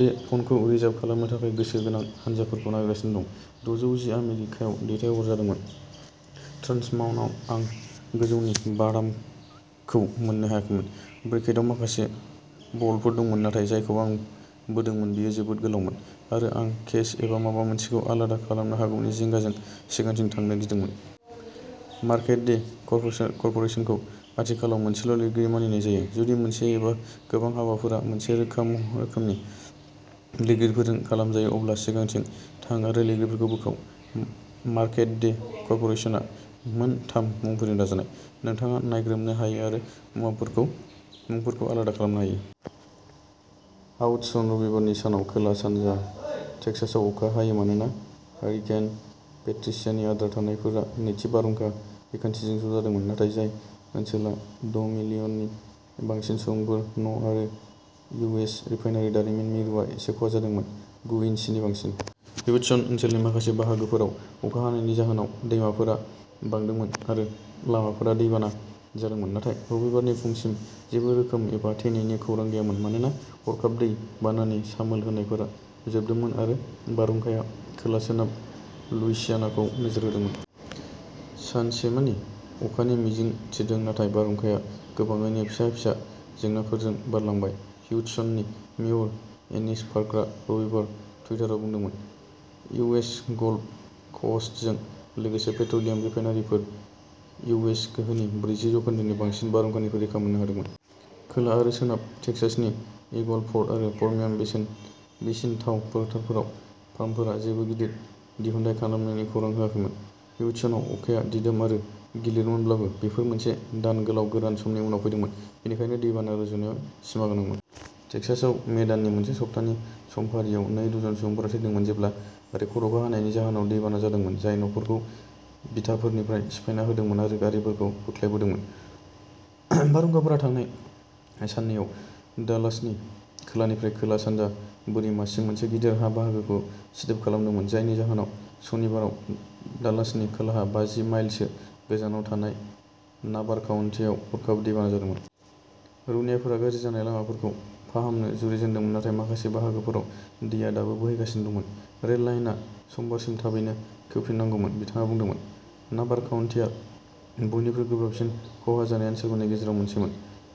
बे फ'नखौ रिजार्भ खालामनो थाखाय गोसो गोनां हानजाफोरखौ नागिरगासिनो दं। दजौ जि आमेरिकायाव दैथायहरजादोंमोन। ट्रान्स माउन्ट आं गोजौनि बादामखौ मोन्नो हायाखैमोन। ब्रेकेटआव माखासे बल्टफोर दंमोन नाथाय जायखौ आं बोदोंमोन बेयो जोबोद गोलावमोन आरो आं केस एबा माबा मोनसेखौ आलादा खालामनो हागौनि जिंगाजों सिगांथिं थांनो गिदोंमोन। मार्केट डे कर्प'रेसनखौ आथिखालाव मोनसेल' लिरगिरि मानिनाय जायो। जुदि मोनसे एबा गोबां हाबाफोरा मोनसे रोखा रोखोमसे लिरगिरिफोरजों खालामजायो अब्ला सिगांथिं थां आरो लिरगिरिखौ बोखाव। मार्केट डे कर्प'रेसनआ मोन थाम मुंफोरजों दाजानाय। नोंथाङा नायग्रोमनो हायो आरो मुंफोरखौ आलादा खालामनो हायो। हाउस्टन रबिबारनि सानाव खोला सानजा टेक्सासआव अखा हायो मानोना हारिकेन पेट्रिशियानि आद्रा थानायफोरा नैथि बारहुंखा बिखान्थिजों ज'जादोंमोन नाथाय जाय ओनसोला द'मिलियननि बांसिन सुबुंफोरनि न'आरो इउ एस रिफाइनारि दारिमिननि मिरुआ एसे खहा जादोंमोन। गु इन्सि नि बांसिन। ह्यूस्टन ओनसोलनि माखासे बाहागोफोराव अखा हानायनि जाहोनाव दैमाफोर बांदोंमोन आरो लामाफोरा दैबाना जादोंमोन नाथाय रबिबारनि फुंसिम जेबो जोखोम एबा थैनायनि खौरां गैयामोन मानोना हरखाब दै बानानि सामोल होनायफोरा जोबदोंमोन आरो बारहुंखाया खोला सोनाब लुइसियानाखौ नोजोर होदोंमोन। सानसेमानि अखानि मिजिं थिदों नाथाय बारहुंखाया गोबाङैनो फिसा-फिसौ जेंनाफोरजों बारलांबाय ह्यूस्टननि मेयर एनिस पार्कारा रबिबाराव टुइटाराव बुंदोंमोन। इउ एस गाल्फ क'स्टजों लोगोसे पेट्र'लियाम रिफाइनारिफोर इउ एस गोहोनि ब्रैजि जौखोन्दोनि बांसिन बारहुंखानिफ्राय रैखा मोननो हादोंमोन। खोला आरो सोनाब टेक्सासनि ईगल फ'र्ड आरो पर्मियान बेसिन थाव फोथारफोराव फार्मफोरा जेबो गिदिर दिहुनथाइ खमायनायनि खौरां होआखैमोन। ह्यूस्टनआव अखाया दिदोम आरो गिलिरमोनब्लाबो बेफोर मोनसे दान गोलाव गोरान समनि उनाव फैदोंमोन बेनिखायनो दैबाना रुजुनायाव सिमागोनांमोन। टेक्सासआव मे दाननि मोनसे सप्तानि समफारियाव नै दजन सुबुंफोरा थैदोंमोन जेब्ला रेकर्ड अखा हानायनि जाहोनाव दैबाना जादोंमोन जाय न'फोरखौ बिथाफोरनिफ्राय सिफायना होदोंमोन आरो गारिफोरखौ बोख्लाबहोदोंमोन। बारहुंखाफोरा थांनाय साननैआव डालासनि खोलानिफ्राय खोला सानजा बोरिमासिम मोनसे गिदिर हा बाहागोखौ सिदोब खालामदोंमोन जायनि जाहोनाव शनिबाराव डालासनि खोलाहा बाजि माइल सो गोजानाव थानाय नाभार'काउन्टीआव हरखाब दैबाना जादोंमोन। रौनियाफोरा गाज्रि जानाय लामाफोरखौ फाहामनो जुरिजेनदोंमोन नाथाय माखासे बाहागोफोराव दैआ दाबो बोहैगासिनो दंमोन। रेल लाइनआ समबारसिम थाबैनो खेवफिननांगौमोन बिथाङा बुंदोंमोन। नाभार'काउन्टीआ बयनिख्रुइबो गोब्राबसिन खहा जानाय ओनसोलफोरनि गेजेराव मोनसेमोन।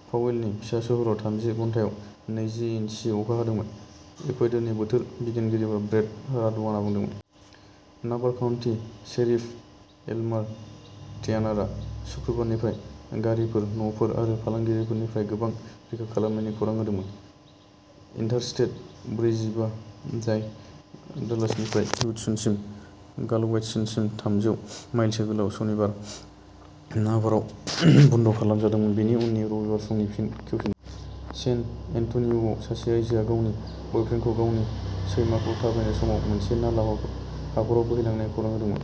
पावेलनि फिसा सोहोराव थामजि घन्टायाव नैजि इन्सि अखा हादोंमोन एकुवेदारनि बोथोर बिगियानगिरि ब्रेट राथबानआ बुंदोंमोन। नाभार'काउन्टी शेरिफ एल्मार ट्यानारआ सुक्रुबारनिफ्राय गारिफोर न'फोर आरो फालांगिफोरनिफ्राय गोबां रैखा खालामनायनि खौरां होदोंमोन। इन्टारस्टेट ब्रैजिबा जाय डालासनिफ्राय ह्यूस्टनसिम गालवेस्टनसिम थामजौ माइलसो गोलाव सनिबाराव नाभार'आव बन्द' खालाम जादोंमोन बेनि उनाव रबिबारनि फुंआव फिन खेवफिनदोंमोन। सेन एन्ट'निय'आव सासे आइजोआ गावनि बायफ्रेन्डखौ गावनि सैमाखौ थाबायनाय समाव मोनसे नाला हाखराव बोहैलांनायनि खौरां होदोंमोन।